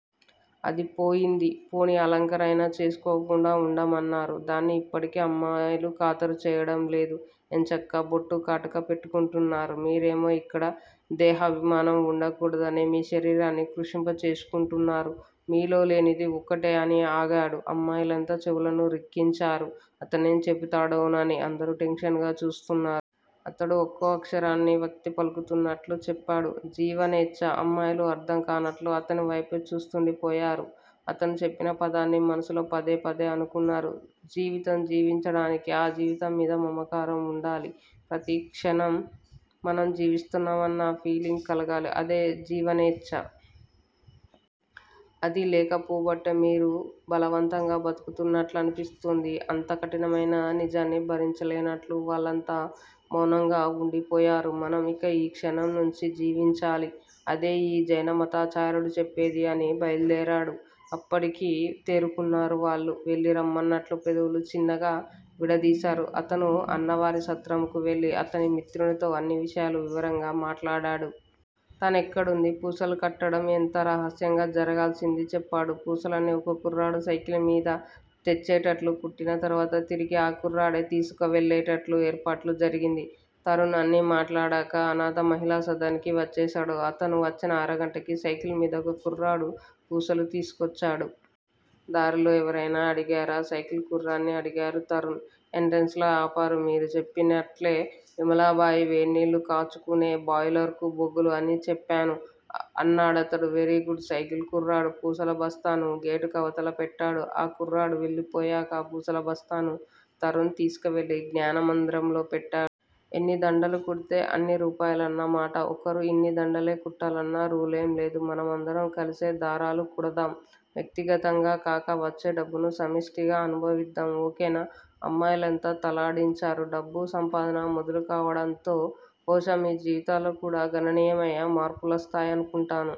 అదీ పోయిందీ. పోనీ అలంకరణయినా చేసుకోకుండా వుండమన్నారు. దాన్నీ ఇప్పటి అమ్మాయిలు ఖాతరు చేయడంలేదు. ఎంచక్కా బొట్టూ కాటుక పెట్టుకుంటున్నారు. మీరేమో యిక్కడ దేహాభిమానం వుండకూడదని మీ శరీరాన్ని కృశింప చేసుకుంటున్నారు. మీలో లేనిది ఒక్కటే అని ఆగాడు. అమ్మాయిలంతా చెవులను రిక్కించారు. అతనేం చెబుతాడోనని అందరూ టెన్షన్ గా చూస్తున్నారు. అతను ఒక్కో అక్షరాన్ని వత్తి పలుకుతున్నట్లు చెప్పాడు జీవనేచ్చ. అమ్మాయిలు అర్థం కానట్లు అతనివైపే చూస్తుండిపోయారు. అతను చెప్పిన పదాన్ని మనసులో పదే పదే అనుకున్నారు. జీవితం జీవించడానికి. ఆ జీవితం మీద మమకారం వుండాలి. ప్రతిక్షణం మనం జీవిస్తున్నామన్న ఫీలింగ్ కలగాలి. అదే జీవనేచ్ఛ. అది లేకపోబట్టే మీరు బలవంతంగా బతుకుతున్నట్లనిపిస్తోంది. అంత కఠినమయిన నిజాన్ని భరించలేనట్లు వాళ్ళంతా మౌనంగా వుండిపోయారు. మనం ఇక ఈ క్షణం నుంచీ జీవించాలి. అదే ఈ జైనమతాచార్యుడు చెప్పేది అని బయల్దేరాడు. అప్పటికి తేరుకున్నారు వాళ్ళు. వెళ్ళి రమ్మన్నట్లు పెదవులు చిన్నగా విడదీశారు. అతను అన్నావారి సత్రంకు వెళ్ళి అతని మిత్రుడితో అన్ని విషయాలు వివరంగా మాట్లాడాడు. తనెక్కడుందీ, పూసలు కట్టడం ఎంత రహస్యంగా జరగాల్సిందీ చెప్పాడు. పూసల్ని ఓ కుర్రాడు సైకిల్ మీద తెచ్చిచ్చేటట్లు, కుట్టిన తరువాత తిరిగి ఆ కుర్రాడే తీసుకువెళ్ళేటట్లు ఏర్పాటు జరిగింది. తరుణ్ అన్నీ మాట్లాడాక అనాథ మహిళా సదన్ కి వచ్చేశాడు. అతను వచ్చిన అరగంటకి సైకిల్ మీద ఓ కుర్రాడు పూసలు తీసుకొచ్చాడు. దారిలో ఎవరయినా అడిగారా? సైకిల్ కుర్రాడ్ని అడిగాడు తరుణ్. ఎంట్రెన్స్ లో ఆపారు. మీరు చెప్పినట్లే విమలాబాయి వేడినీళ్ళు కాసుకునే బాయిలర్ కు బొగ్గులు అని చెప్పాను అన్నాడతను. వెరీగుడ్. సైకిల్ కుర్రాడు పూసల బస్తాను గేటుకవతల పెట్టాడు. ఆ కుర్రాడు వెళ్ళిపోయాక పూసల బస్తాను తరుణ్ తీసుకువెళ్ళి జ్ఞానమందిరంలో పెట్టాడు. ఎన్ని దండలు కుడితే అన్ని రూపాయలన్న మాట. ఒకరు ఇన్ని దండలే కుట్టాలన్న రూలేం లేదు. మనమందరం కలిసే దారాలు కుడదాం. వ్యక్తిగతంగా కాక వచ్చే డబ్బును సమిష్టిగా అనుభవిద్దాం. ఓకేనా? అమ్మాయిలంతా తలలాడించారు. డబ్బు సంపాదన మొదలుకావడంతో బహుశా మీ జీవితాల్లో కూడా గణనీయమైన మార్పులొస్తాయనుకుంటాను.